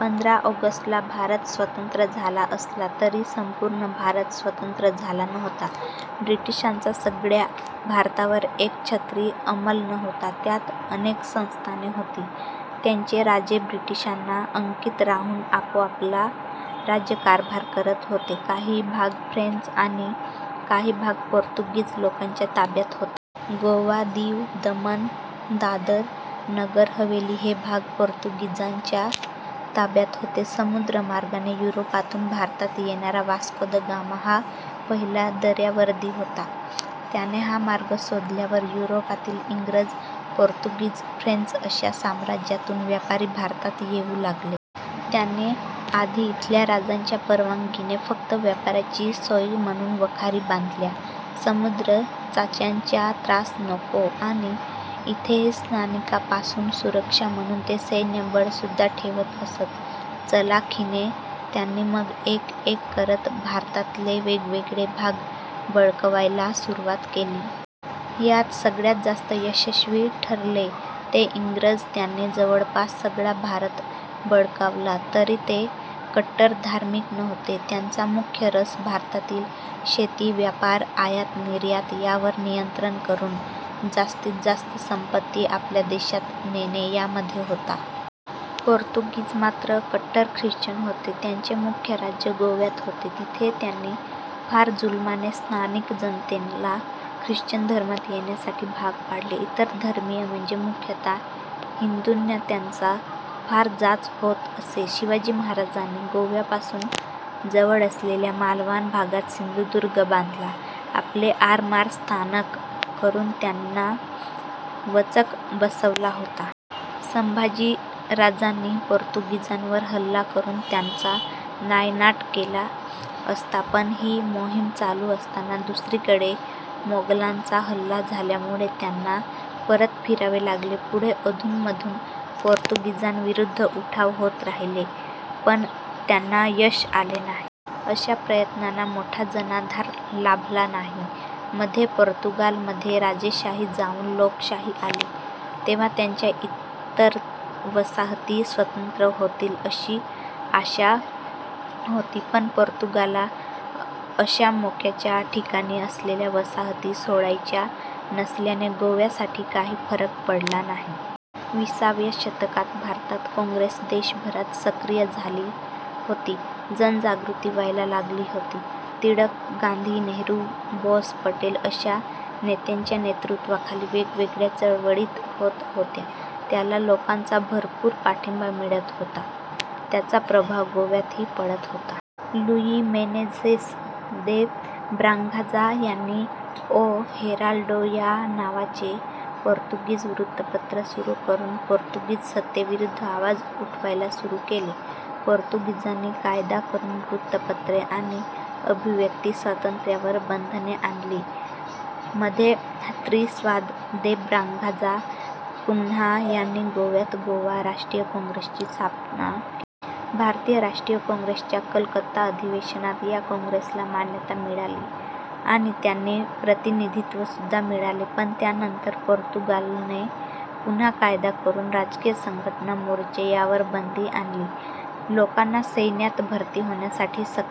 पंधरा ऑगस्ट ला भारत स्वतंत्र झाला असला तरी संपुर्ण भारत स्वतंत्र झाला नव्हता. ब्रिटिशांचा सगळ्या भारतावर एकछत्री अंमल नव्हता. त्यात अनेक संस्थाने होती, त्यांचे राजे ब्रिटिशांना अंकित राहुन आपोपला राज्यकारभार करत होते. काही भाग फ्रेंच आणि काही भाग पोर्तुगीज लोकांच्या ताब्यात होता. गोवा, दीव, दमण, दादर, नगर हवेली हे भाग पोर्तुगीजांच्या ताब्यात होते. समुद्र मार्गाने युरोपातुन भारतात येणारा वास्को द गामा हा पहिला दर्यावर्दी होता. त्याने हा मार्ग शोधल्यावर युरोपातील इंग्रज, पोर्तुगीज, फ्रेंच अशा साम्रज्यातून व्यापारी भारतात येऊ लागले. त्यांनी आधी इथल्या राजांच्या परवानगीने फक्त व्यापाराची सोय म्हणुन वखारी बांधल्या. समुद्री चाच्यांचा त्रास नको, आणि इथेही स्थानिकांपासुन सुरक्षा म्हणुन ते सैन्यबळ सुद्धा ठेवत असत. चलाखीने त्यांनी मग एक एक करत भारतातले वेगवेगळे भाग बळकावायला सुरुवात केली. यात सगळ्यात जास्त यशस्वी ठरले ते इंग्रज. त्यांनी जवळपास सगळा भारत बळकावला तरी ते कट्टर धार्मिक नव्हते. त्यांचा मुख्य रस भारतातील शेती, व्यापार, आयात निर्यात यावर नियंत्रण करून जास्तीत जास्त संपत्ती आपल्या देशात नेणे यामध्ये होता. पोर्तुगीज मात्र कट्टर ख्रिश्चन होते. त्यांचे मुख्य राज्य गोव्यात होते. तिथे त्यांनी फार जुलमाने स्थानिक जनतेला ख्रिश्चन धर्मात येण्यासाठी भाग पाडले. इतर धर्मीय म्हणजे मुख्यतः हिंदूंना त्यांचा फार जाच होत असे. शिवाजी महाराजांनी गोव्यापासून जवळ असलेल्या मालवाण भागात सिंधुदुर्ग बांधला, आपले आरमार स्थानक करून त्यांना वचक बसवला होता. संभाजी राजांनीही पोर्तुगीजांवर हल्ला करून त्यांचा नायनाट केला असता पण हि मोहीम चालू असताना दुसरीकडे मोगलांचा हल्ला झाल्यामुळे त्यांना परत फिरावे लागले. पुढे अधून मधून पोर्तुगीजांविरुद्ध उठाव होत राहिले पण त्यांना यश आले नाही. अशा प्रयत्नांना मोठा जनाधार लाभला नाही. मध्ये पोर्तुगालमध्ये राजेशाही जाऊन लोकशाही आली तेव्हा त्यांच्या इतर वसाहती स्वतंत्र होतील अशी आशा होती, पण पोर्तुगाला अशा मोक्याच्या ठिकाणी असलेल्या वसाहती सोडायच्या नसल्याने, गोव्यासाठी काही फरक पडला नाही. विसाव्या शतकात भारतात काँग्रेस देशभरात सक्रिय झाली होती. जनजागृती व्हायला लागली होती. टिळक, गांधी, नेहरू, बोस, पटेल अशा नेत्यांच्या नेतृत्वाखाली वेगवेगळ्या चळवळी होत होत्या त्याला लोकांचा भरपुर पाठिंबा मिळत होता. त्याचा प्रभाव गोव्यातही पडत होता. लुई मेनेझेस दे ब्रागांझा यांनी ओ हेराल्डो या नावाचे पोर्तुगीज वृत्तपत्र सुरु करून पोर्तुगीज सत्तेविरुद्ध आवाज उठवायला सुरु केले. पोर्तुगीजांनी कायदा करून वृत्तपत्रे, आणि अभिव्यक्ती स्वातंत्र्यावर बंधने आणली. मध्ये त्रिस्वाद दे ब्रागांझा कुन्हा यांनी गोव्यात गोवा राष्ट्रीय काँग्रेसची स्थापना के भारतीय राष्ट्रीय काँग्रेसच्या कलकत्ता अधिवेशनात या काँग्रेसला मान्यता मिळाली आणि त्यांने प्रतिनिधित्व सुद्धा मिळाले. पण त्यानंतर पोर्तुगालने पुन्हा कायदा करून राजकीय संघटना, मोर्चे यावर बंदी आणली. लोकांना सैन्यात भरती होण्यासाठी सक्ती